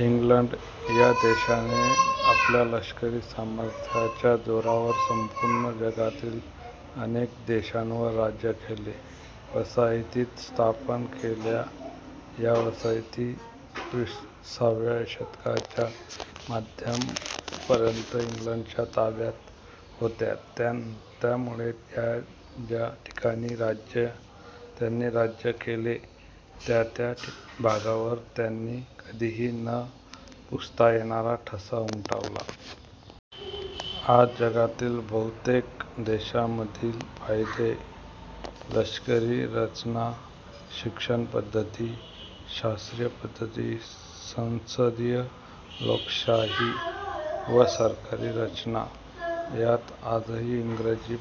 England या देशाने आपल्या लष्करी सामर्थ्याच्या जोरावर संपूर्ण जगातील अनेक देशांवर राज्य केले, वसाहती स्थापन केल्या. या वसाहती विसाव्या शतकाच्या मध्यापर्यंत इंग्लंडच्या ताब्यात होत्या. त्यामुळे ज्या ज्या ठिकाणी त्यांनी राज्य केले त्या त्या भागावर त्यांनी कधीही न पुसता येणारा ठसा उमटवला. आज जगातील बहुतेक देशांमधील कायदे, लष्करी रचना, शिक्षण पद्धति, शास्त्रीय पद्धति, संसदीय लोकशाही व सरकार रचना यांत आजही इंग्रजी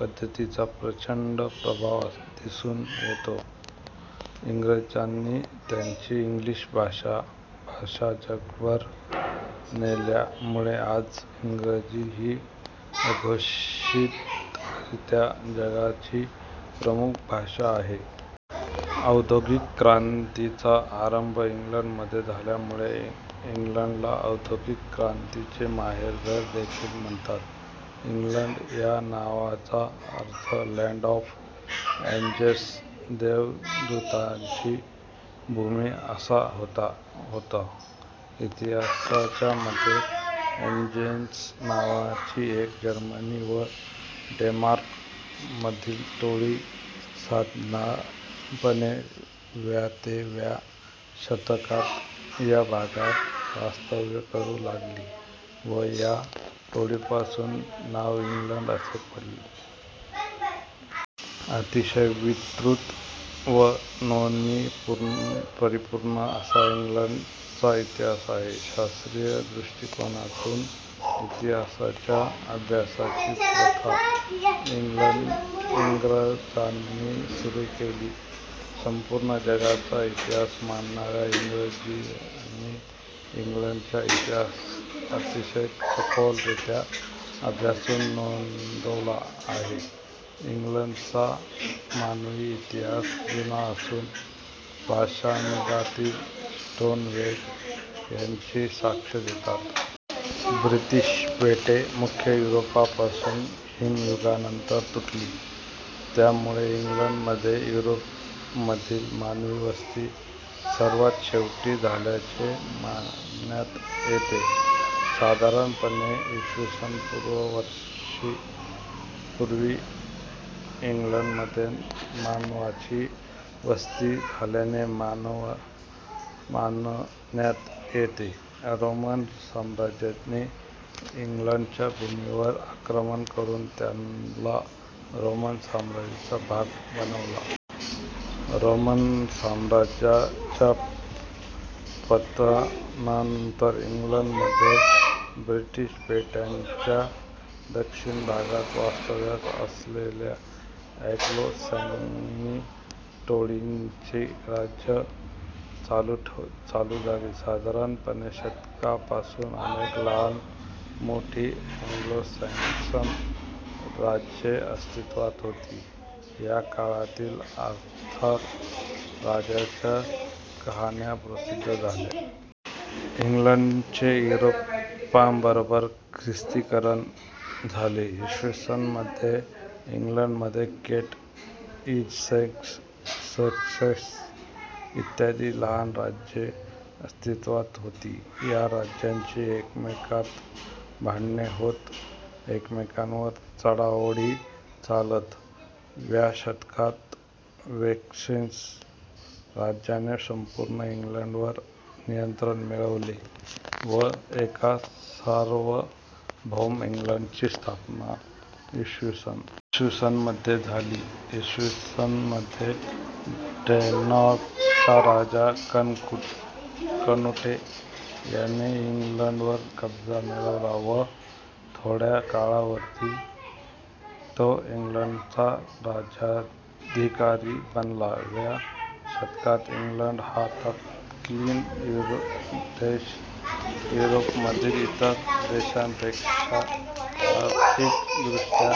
पद्धतिीचा प्रचंड प्रभाव दिसून येतो. इंग्रजांनी त्यांची इंग्लिश भाषा भाषा जगभरात नेल्यामुळे आज इंग्रजी ही अघोषितरित्या जगाची प्रमुख भाषा आहे. औद्योगिक क्रांतीचा आरंभ इंग्लंडमध्ये झाल्यामुळे इंग्लंडला औद्योगिक क्रांतीचे माहेरघर देखील म्हणतात. इंग्लंड या नावाचा अर्थ लँड ऑफ ॲंजेल्स. देवदूतांची भूमी असा होतो. इतिहासकारांच्या मते ॲंजेल्स नावाची उत्तर जर्मनी व डेन्मार्क मधील टोळी साधारणपणे व्या ते व्या शतकात या भागात वास्तव्य करू लागली व या टोळीपासून याचे नाव इंग्लंड असे पडले. अतिशय विस्तृत व नोंदींनी परिपूर्ण असा इंग्लंडचा इतिहास आहे. शास्त्रीय दृष्टिकोनातून इतिहासाच्या अभ्यासाची प्रथा इंग्रजांनी सुरू केली. संपूर्ण जगाचा इतिहास मांडणाऱ्या इंग्रजांनी इंग्लंडच्या इतिहास अतिशय सखोलरीत्या अभ्यासून नोंदवला आहे. इंग्लंडचा मानवी इतिहास जुना असून पाषाणयुगातील स्टोनहेंज याची साक्ष देतात. ब्रिटिश बेटे मुख्य युरोपापासून हिमयुगानंतर तुटली त्यामुळे इंग्लंडमध्ये युरोपमधील मानवी वस्ती सर्वात शेवटी झाल्याचे मानण्यात येते. साधारणपणे इ. स. पू. वर्षांपूर्वी इंग्लंडमध्ये मानवाची वसती झाल्याचे मानण्यात येते. रोमन साम्राज्याने इंग्लंडच्या भूमीवर आक्रमण करून त्याला रोमन साम्राज्याचा भाग बनवला. रोमन साम्राज्याच्या पतनानंतर इंग्लंडमध्ये ब्रिटिश बेटांच्या दक्षिण भागात वास्तव्यास असलेल्या ॲंग्लो सॅक्सनी टोळ्यांची राज्ये चालू झाली. साधारणपणे शतकापासून अनेक लहान मोठी ॲंग्लो सॅक्सन राज्ये अस्तित्त्वात होती. या काळातील आर्थर राजाच्या कहाण्या प्रसिद्ध आहेत. इंग्लंडचे युरोपबरोबरच ख्रिस्तीकरण झाले. इ. स. मध्ये इंग्लंडमध्ये केंट, इसेक्स, ससेक्स इत्यादी लहान राज्ये अस्तित्त्वात होती. या राज्यांची एकमेकात भांडणे होत व एकमेकांवर चढाओढी चालत. व्या शतकात वेसेक्स राज्याने संपूर्ण इंग्लंडवर नियंत्रण मिळवले व एका सार्वभौम इंग्लंडची स्थापना इ. स. मध्ये झाली. इ. स. मध्ये डेन्मार्कचा राजा कनुटे याने इंग्लंडवर कब्जा मिळवला व थोड्या काळाकरिता तो इंग्लंडचा राज्याधिकारी बनला. व्या शतकात इंग्लंड हा तत्कालीन देश युरोपमधील इतर देशांपेक्षा आर्थिकदृष्ट्या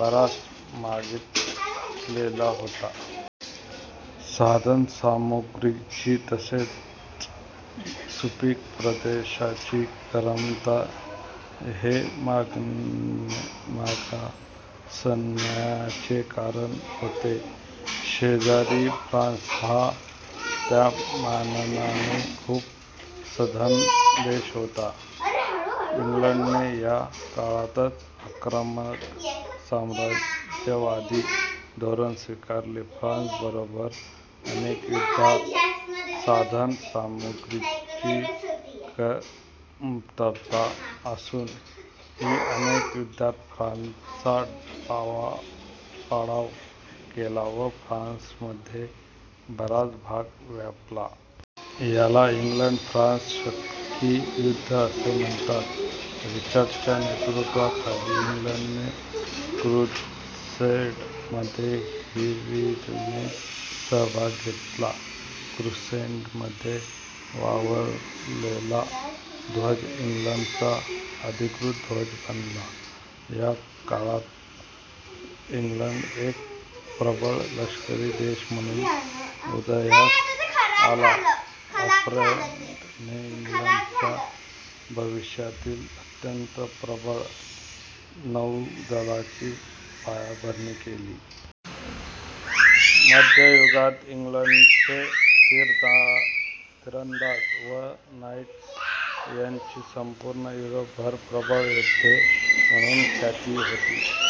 बराच मागसलेला होता. साधनसामुग्रीची तसेच सुपीक प्रदेशाची कमतरता हे मागासण्याचे कारण होते. शेजारील फ्रान्स हा त्यामानाने खूपच सधन देश होता. इंग्लंडने या काळातच आक्रमक साम्राज्यवादी धोरण स्वीकारले. फ्रान्स बरोबरील अनेक युद्धात साधन सामुग्रीची कमतरता असूनही अनेक युद्धात फ्रान्सचा पाडाव केला व फ्रान्समधील बराच भाग व्यापला. याला इंग्लंड फ्रान्स शतकी युद्ध असे म्हणतात. रिचर्डच्या नेतृत्वाखाली इंग्लंडने क्रुसेडमध्ये हिरीरीने सहभाग घेतला. क्रुसेडमध्ये वापरलेला ध्वज इंग्लंडचा अधिकृत ध्वज बनला. याच काळात इंग्लंड एक प्रबळ लष्करी देश म्हणून उदयास आला. अल्फ्रेडने इंग्लंडच्या भविष्यातील अत्यंत प्रबळ नौदलाची पायाभरणी केली. मध्ययुगात इंग्लंडचे तिरंदाज व नाईट्स यांची संपूर्ण युरोपभर प्रबळ योद्धे म्हणून ख्याती होती.